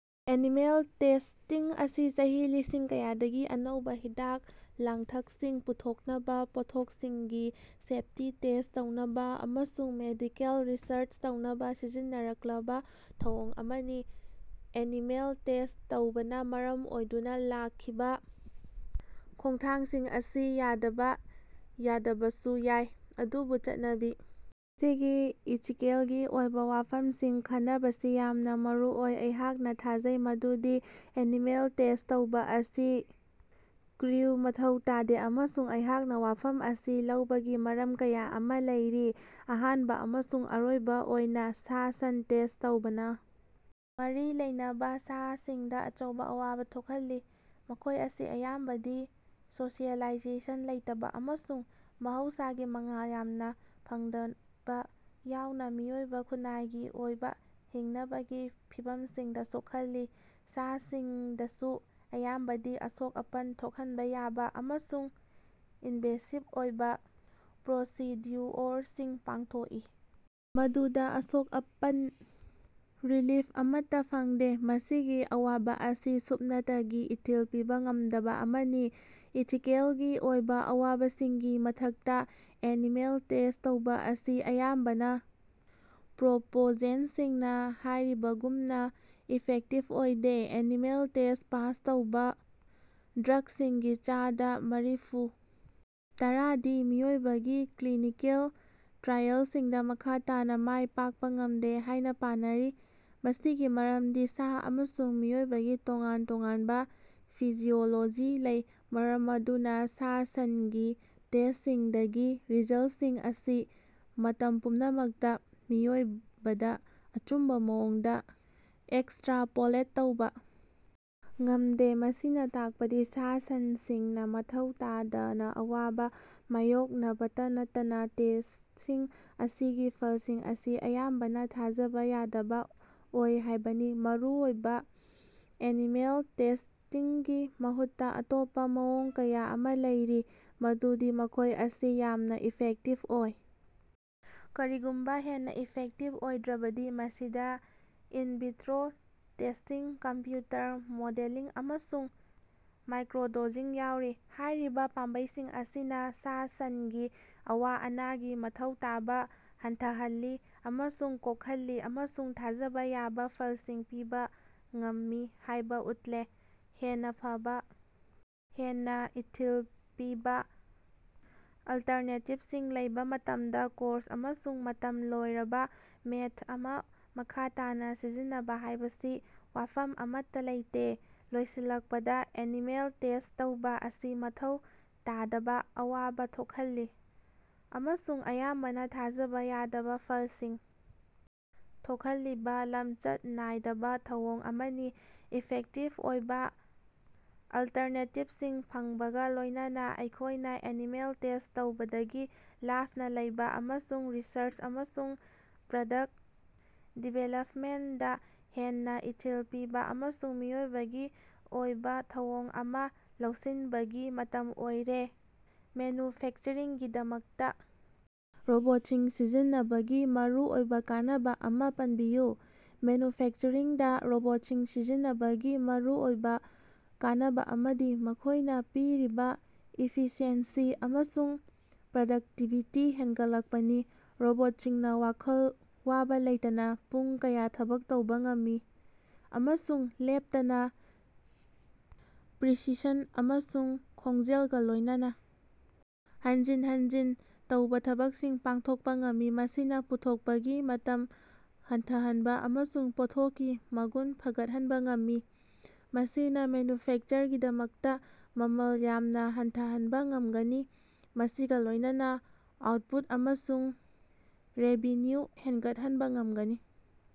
Animal testing ꯑꯁꯤ ꯆꯍꯤ ꯂꯤꯁꯤꯡ ꯀꯌꯥꯗꯒꯤ ꯑꯅꯧꯕꯥ ꯍꯤꯗꯥꯛ-ꯂꯥꯡꯊꯛꯁꯤꯡ ꯄꯨꯊꯣꯛꯅꯕꯥ, ꯄꯣꯠꯊꯣꯛꯁꯤꯡꯒꯤ ꯁꯦꯞꯇꯤ ꯇꯦꯁ ꯇꯧꯅꯕꯥ ꯑꯃꯁꯨꯡ ꯃꯦꯗꯤꯀꯦꯜ ꯔꯤꯁꯔꯆ ꯇꯧꯅꯕꯥ ꯁꯤꯖꯤꯟꯅꯔꯛꯂꯕꯥ ꯊꯧꯑꯣꯡ ꯑꯃꯅꯤ꯫ ꯑꯦꯅꯤꯃꯦꯜ ꯇꯦꯁ ꯇꯧꯕꯅꯥ ꯃꯔꯝ ꯑꯣꯏꯗꯨꯅꯥ ꯂꯥꯛꯈꯤꯕꯥ ꯈꯣꯡꯊꯥꯡꯁꯤꯡ ꯑꯁꯤ ꯌꯥꯗꯕꯥ ꯌꯥꯗꯕꯁꯨ ꯌꯥꯏ, ꯑꯗꯨꯕꯨ ꯆꯠꯅꯕꯤ ꯑꯁꯤꯒꯤ ꯏꯊꯤꯀꯦꯜꯒꯤ ꯑꯣꯏꯕꯥ ꯋꯥꯐꯝꯁꯤꯡ ꯈꯟꯅꯕꯁꯤ ꯌꯥꯝꯅꯥ ꯃꯔꯨꯑꯣꯏ꯫ ꯑꯩꯍꯥꯛꯅꯥ ꯊꯥꯖꯩ ꯃꯗꯨꯗꯤ ꯑꯦꯅꯤꯃꯦꯜ ꯇꯦꯁ ꯇꯧꯕꯥ ꯑꯁꯤ ꯀ꯭ꯔꯤꯎ ꯃꯊꯧ ꯇꯥꯗꯦ ꯑꯃꯁꯨꯡ ꯑꯩꯍꯥꯛꯅꯥ ꯋꯥꯐꯝ ꯑꯁꯤ ꯂꯧꯕꯒꯤ ꯃꯔꯝ ꯀꯌꯥ ꯑꯃꯥ ꯂꯩꯔꯤ꯫ ꯑꯍꯥꯟꯕꯥ ꯑꯃꯁꯨꯡ ꯑꯔꯣꯏꯕꯥ ꯑꯣꯏꯅꯥ, ꯁꯥ-ꯁꯟ ꯇꯦꯁ ꯇꯧꯕꯅꯥ ꯃꯔꯤ ꯂꯩꯅꯕꯥ ꯁꯥꯁꯤꯡꯗꯥ ꯑꯆꯧꯕꯥ ꯑꯋꯥꯕꯥ ꯊꯣꯛꯍꯜꯂꯤ꯫ ꯃꯈꯣꯏ ꯑꯁꯤ ꯑꯌꯥꯝꯕꯗꯤ ꯁꯣꯁꯤꯑꯦꯂꯥꯏꯖꯦꯁꯟ ꯂꯩꯇꯕꯥ ꯑꯃꯁꯨꯡ ꯃꯍꯧꯁꯥꯒꯤ ꯃꯉꯥꯜ ꯌꯥꯝꯅꯥ ꯐꯪꯗꯕꯥ ꯌꯥꯎꯅꯥ ꯃꯤꯑꯣꯏꯕꯥ ꯈꯨꯟꯅꯥꯏꯒꯤ ꯑꯣꯏꯕꯥ ꯍꯤꯡꯅꯕꯒꯤ ꯐꯤꯚꯝꯁꯤꯡꯗꯥ ꯁꯣꯛꯍꯜꯂꯤ꯫ ꯁꯥ-ꯁꯟꯁꯤꯡꯗꯁꯨ ꯑꯌꯥꯝꯕꯗꯤ ꯑꯁꯣꯛ-ꯑꯄꯟ ꯊꯣꯛꯍꯟꯕꯥ ꯌꯥꯕꯥ ꯑꯃꯁꯨꯡ ꯏꯟꯚꯦꯁꯤꯞ ꯑꯣꯏꯕꯥ ꯄ꯭ꯔꯣꯁꯤꯗ꯭ꯌꯨꯑꯣꯔꯁꯤꯡ ꯄꯥꯡꯊꯣꯛꯏ, ꯃꯗꯨꯗꯥ ꯑꯁꯣꯛ-ꯑꯄꯟ ꯔꯤꯂꯤꯞ ꯑꯃꯠꯇꯥ ꯐꯪꯗꯦ꯫ ꯃꯁꯤꯒꯤ ꯑꯋꯥꯕꯥ ꯑꯁꯤ ꯁꯨꯞꯅꯇꯒꯤ ꯏꯊꯤꯜ ꯄꯤꯕꯥ ꯉꯝꯗꯕꯥ ꯑꯃꯅꯤ꯫ ꯏꯊꯤꯀꯦꯜꯒꯤ ꯑꯣꯏꯕꯥ ꯑꯋꯥꯕꯁꯤꯡꯒꯤ ꯃꯊꯛꯇꯥ, ꯑꯦꯅꯤꯃꯦꯜ ꯇꯦꯁ ꯇꯧꯕꯥ ꯑꯁꯤ ꯑꯌꯥꯝꯕꯅꯥ ꯄ꯭ꯔꯣꯄꯣꯖꯦꯟꯁꯤꯡꯅꯥ ꯍꯥꯏꯔꯤꯕꯒꯨꯝꯅꯥ ꯏꯐꯦꯛꯇꯤꯞ ꯑꯣꯏꯗꯦ꯫ ꯑꯦꯅꯤꯃꯦꯜ ꯇꯦꯁ ꯄꯥꯁ ꯇꯧꯕꯥ ꯗ꯭ꯔꯛꯁꯤꯡꯒꯤ ꯆꯥꯗꯥ ꯃꯔꯤꯐꯨ ꯇꯔꯥꯗꯤ ꯃꯤꯑꯣꯏꯕꯒꯤ ꯀ꯭ꯂꯤꯅꯤꯀꯦꯜ ꯇ꯭ꯔꯥꯏꯑꯦꯜꯁꯤꯡꯗꯥ ꯃꯈꯥ ꯇꯥꯅꯥ ꯃꯥꯏ ꯄꯥꯛꯄꯥ ꯉꯝꯗꯦ ꯍꯥꯏꯅꯥ ꯄꯥꯅꯔꯤ꯫ ꯃꯁꯤꯒꯤ ꯃꯔꯝꯗꯤ ꯁꯥ ꯑꯃꯁꯨꯡ ꯃꯤꯑꯣꯏꯕꯒꯤ ꯇꯣꯉꯥꯟ ꯇꯣꯉꯥꯟꯕꯥ ꯐꯤꯖꯤꯑꯣꯂꯣꯖꯤ ꯂꯩ, ꯃꯔꯝ ꯑꯗꯨꯅꯥ ꯁꯥ-ꯁꯟꯒꯤ ꯇꯦꯁꯁꯤꯡꯗꯒꯤ ꯔꯤꯖꯜꯁꯤꯡ ꯑꯁꯤ ꯃꯇꯝ ꯄꯨꯝꯅꯃꯛꯇꯥ ꯃꯤꯑꯣꯏꯕꯗꯥ ꯑꯆꯨꯝꯕꯥ ꯃꯑꯣꯡꯗꯥ ꯑꯦꯛꯁꯇ꯭ꯔꯥꯄꯣꯂꯦꯠ ꯇꯧꯕꯥ ꯉꯝꯗꯦ꯫ ꯃꯁꯤꯅꯥ ꯇꯥꯛꯄꯗꯤ ꯁꯥ-ꯁꯟꯁꯤꯡꯅꯥ ꯃꯊꯧ ꯇꯥꯗꯅꯥ ꯑꯋꯥꯕꯥ ꯃꯥꯌꯣꯛꯅꯕꯇꯥ ꯅꯠꯇꯅꯥ ꯇꯦꯁꯁꯤꯡ ꯑꯁꯤꯒꯤ ꯐꯜꯁꯤꯡ ꯑꯁꯤ ꯑꯌꯥꯝꯕꯅꯥ ꯊꯥꯖꯕꯥ ꯌꯥꯗꯕꯥ ꯑꯣꯏ ꯍꯥꯏꯕꯅꯤ꯫ ꯑꯔꯣꯏꯕꯗꯥ, ꯑꯦꯅꯤꯃꯦꯜ ꯇꯦꯁꯇꯤꯡꯒꯤ ꯃꯍꯨꯠꯇꯥ ꯑꯇꯣꯞꯄꯥ ꯃꯑꯣꯡ ꯀꯌꯥ ꯑꯃꯥ ꯂꯩꯔꯤ ꯃꯗꯨꯗꯤ ꯃꯈꯣꯏ ꯑꯁꯤ ꯌꯥꯝꯅꯥ ꯏꯐꯦꯛꯇꯤꯕ ꯑꯣꯏ, ꯀꯔꯤꯒꯨꯝꯕꯥ ꯍꯦꯟꯅꯥ ꯏꯐꯦꯛꯇꯤꯕ ꯑꯣꯏꯗ꯭ꯔꯕꯗꯤ ꯃꯁꯤꯗꯥ in vitro testing, computer modelling ꯑꯃꯁꯨꯡ ꯃꯥꯏꯀ꯭ꯔꯣꯗꯣꯖꯤꯡ ꯌꯥꯎꯔꯤ꯫ ꯍꯥꯏꯔꯤꯕꯥ ꯄꯥꯝꯕꯩꯁꯤꯡ ꯑꯁꯤꯅꯥ ꯁꯥ-ꯁꯟꯒꯤ ꯑꯋꯥ-ꯑꯅꯥꯒꯤ ꯃꯊꯧ ꯇꯥꯕꯥ ꯍꯟꯊꯍꯜꯂꯤ ꯑꯃꯁꯨꯡ ꯀꯣꯛꯍꯜꯂꯤ ꯑꯃꯁꯨꯡ ꯊꯥꯖꯕꯥ ꯌꯥꯕꯥ ꯐꯜꯁꯤꯡ ꯄꯤꯕꯥ ꯉꯝꯃꯤ ꯍꯥꯏꯕꯥ ꯎꯠꯂꯦ꯫ ꯍꯦꯟꯅꯥ ꯐꯕꯥ, ꯍꯦꯟꯅꯥ ꯏꯊꯤꯜ ꯄꯤꯕꯥ ꯑꯜꯇꯔꯅꯦꯇꯤꯕꯁꯤꯡ ꯂꯩꯕꯥ ꯃꯇꯝꯗꯥ ꯀ꯭ꯔꯣꯁ ꯑꯃꯁꯨꯡ ꯃꯇꯝ ꯂꯣꯏꯔꯕꯥ ꯃꯦꯊꯠ ꯑꯃꯥ ꯃꯈꯥ ꯇꯥꯅꯥ ꯁꯤꯖꯤꯟꯅꯕꯥ ꯍꯥꯏꯕꯁꯤ ꯋꯥꯐꯝ ꯑꯃꯠꯇꯥ ꯂꯩꯇꯦ꯫ ꯂꯣꯏꯁꯤꯜꯂꯛꯄꯗꯥ, ꯑꯦꯅꯤꯃꯦꯜ ꯇꯦꯁ ꯇꯧꯕꯥ ꯑꯁꯤ ꯃꯊꯧ ꯇꯥꯗꯕꯥ ꯑꯋꯥꯕꯥ ꯊꯣꯛꯍꯜꯂꯤ ꯑꯃꯁꯨꯡ ꯑꯌꯥꯝꯕꯅꯥ ꯊꯥꯖꯕꯥ ꯌꯥꯗꯕꯥ ꯐꯜꯁꯤꯡ ꯊꯣꯛꯍꯜꯂꯤꯕꯥ ꯂꯝꯆꯠ ꯅꯥꯏꯗꯕꯥ ꯊꯧꯑꯣꯡ ꯑꯃꯅꯤ꯫ ꯏꯐꯦꯛꯇꯤꯕ ꯑꯣꯏꯕꯥ ꯑꯜꯇꯔꯅꯦꯇꯤꯕꯁꯤꯡ ꯐꯪꯕꯒꯥ ꯂꯣꯏꯅꯅꯥ ꯑꯩꯈꯣꯏꯅꯥ ꯑꯦꯅꯤꯃꯦꯜ ꯇꯦꯁ ꯇꯧꯕꯗꯒꯤ ꯂꯥꯞꯅꯥ ꯂꯩꯕꯥ ꯑꯃꯁꯨꯡ ꯔꯤꯁꯔꯆ ꯑꯃꯁꯨꯡ ꯄ꯭ꯔꯗꯛꯇ ꯗꯤꯕꯦꯂꯞꯃꯦꯟꯇꯗꯥ ꯍꯦꯟꯅꯥ ꯏꯊꯤꯜ ꯄꯤꯕꯥ ꯑꯃꯁꯨꯡ ꯃꯤꯑꯣꯏꯕꯒꯤ ꯑꯣꯏꯕꯥ ꯊꯧꯑꯣꯡ ꯑꯃꯥ ꯂꯧꯁꯤꯟꯕꯒꯤ ꯃꯇꯝ ꯑꯣꯏꯔꯦ꯫ ꯃꯦꯅꯨꯐꯦꯛꯆꯔꯤꯡꯒꯤꯗꯃꯛꯇꯥ ꯔꯣꯕꯣꯠꯁꯤꯡ ꯁꯤꯖꯤꯟꯅꯕꯒꯤ ꯃꯔꯨꯑꯣꯏꯕꯥ ꯀꯥꯟꯅꯕꯥ ꯑꯃꯥ ꯄꯟꯕꯤꯌꯨ꯫ ꯃꯦꯅꯨꯐꯦꯛꯆꯔꯤꯡꯗꯥ ꯔꯣꯕꯣꯠꯁꯤꯡ ꯁꯤꯖꯤꯟꯅꯕꯒꯤ ꯃꯔꯨꯑꯣꯏꯕꯥ ꯀꯥꯟꯅꯕꯥ ꯑꯃꯗꯤ ꯃꯈꯣꯏꯅꯥ ꯄꯤꯔꯤꯕꯥ ꯏꯐꯤꯁꯤꯑꯦꯟꯁꯤ ꯑꯃꯁꯨꯡ ꯄ꯭ꯔꯗꯛꯇꯤꯕꯤꯇꯤ ꯍꯦꯟꯒꯠꯂꯛꯄꯅꯤ꯫ ꯔꯣꯕꯣꯠꯁꯤꯡꯅꯥ ꯋꯥꯈꯜ ꯋꯥꯕꯥ ꯂꯩꯇꯅꯥ ꯄꯨꯡ ꯀꯌꯥ ꯊꯕꯛ ꯇꯧꯕꯥ ꯉꯝꯃꯤ ꯑꯃꯁꯨꯡ ꯂꯦꯞꯇꯅꯥ ꯄ꯭ꯔꯤꯁꯤꯁꯟ ꯑꯃꯁꯨꯡ ꯈꯣꯡꯖꯦꯜꯒꯥ ꯂꯣꯏꯅꯅꯥ ꯍꯟꯖꯤꯟ ꯍꯟꯖꯤꯟ ꯇꯧꯕꯥ ꯊꯕꯛꯁꯤꯡ ꯄꯥꯡꯊꯣꯛꯄꯥ ꯉꯝꯃꯤ, ꯃꯁꯤꯅꯥ ꯄꯨꯊꯣꯛꯄꯒꯤ ꯃꯇꯝ ꯍꯟꯊꯍꯟꯕꯥ ꯑꯃꯁꯨꯡ ꯄꯣꯠꯊꯣꯛꯀꯤ ꯃꯒꯨꯟ ꯐꯒꯠꯍꯟꯕꯥ ꯉꯝꯃꯤ꯫ ꯃꯁꯤꯅꯥ ꯃꯦꯅꯨꯐꯦꯛꯆꯔꯒꯤꯗꯃꯛꯇꯥ ꯃꯃꯜ ꯌꯥꯝꯅꯥ ꯍꯟꯊꯍꯟꯕꯥ ꯉꯝꯒꯅꯤ, ꯃꯁꯤꯒꯥ ꯂꯣꯏꯅꯅꯥ ꯑꯥꯎꯠꯄꯨꯠ ꯑꯃꯁꯨꯡ ꯔꯦꯚꯤꯅ꯭ꯌꯨ ꯍꯦꯟꯒꯠꯍꯟꯕꯥ ꯉꯝꯒꯅꯤ꯫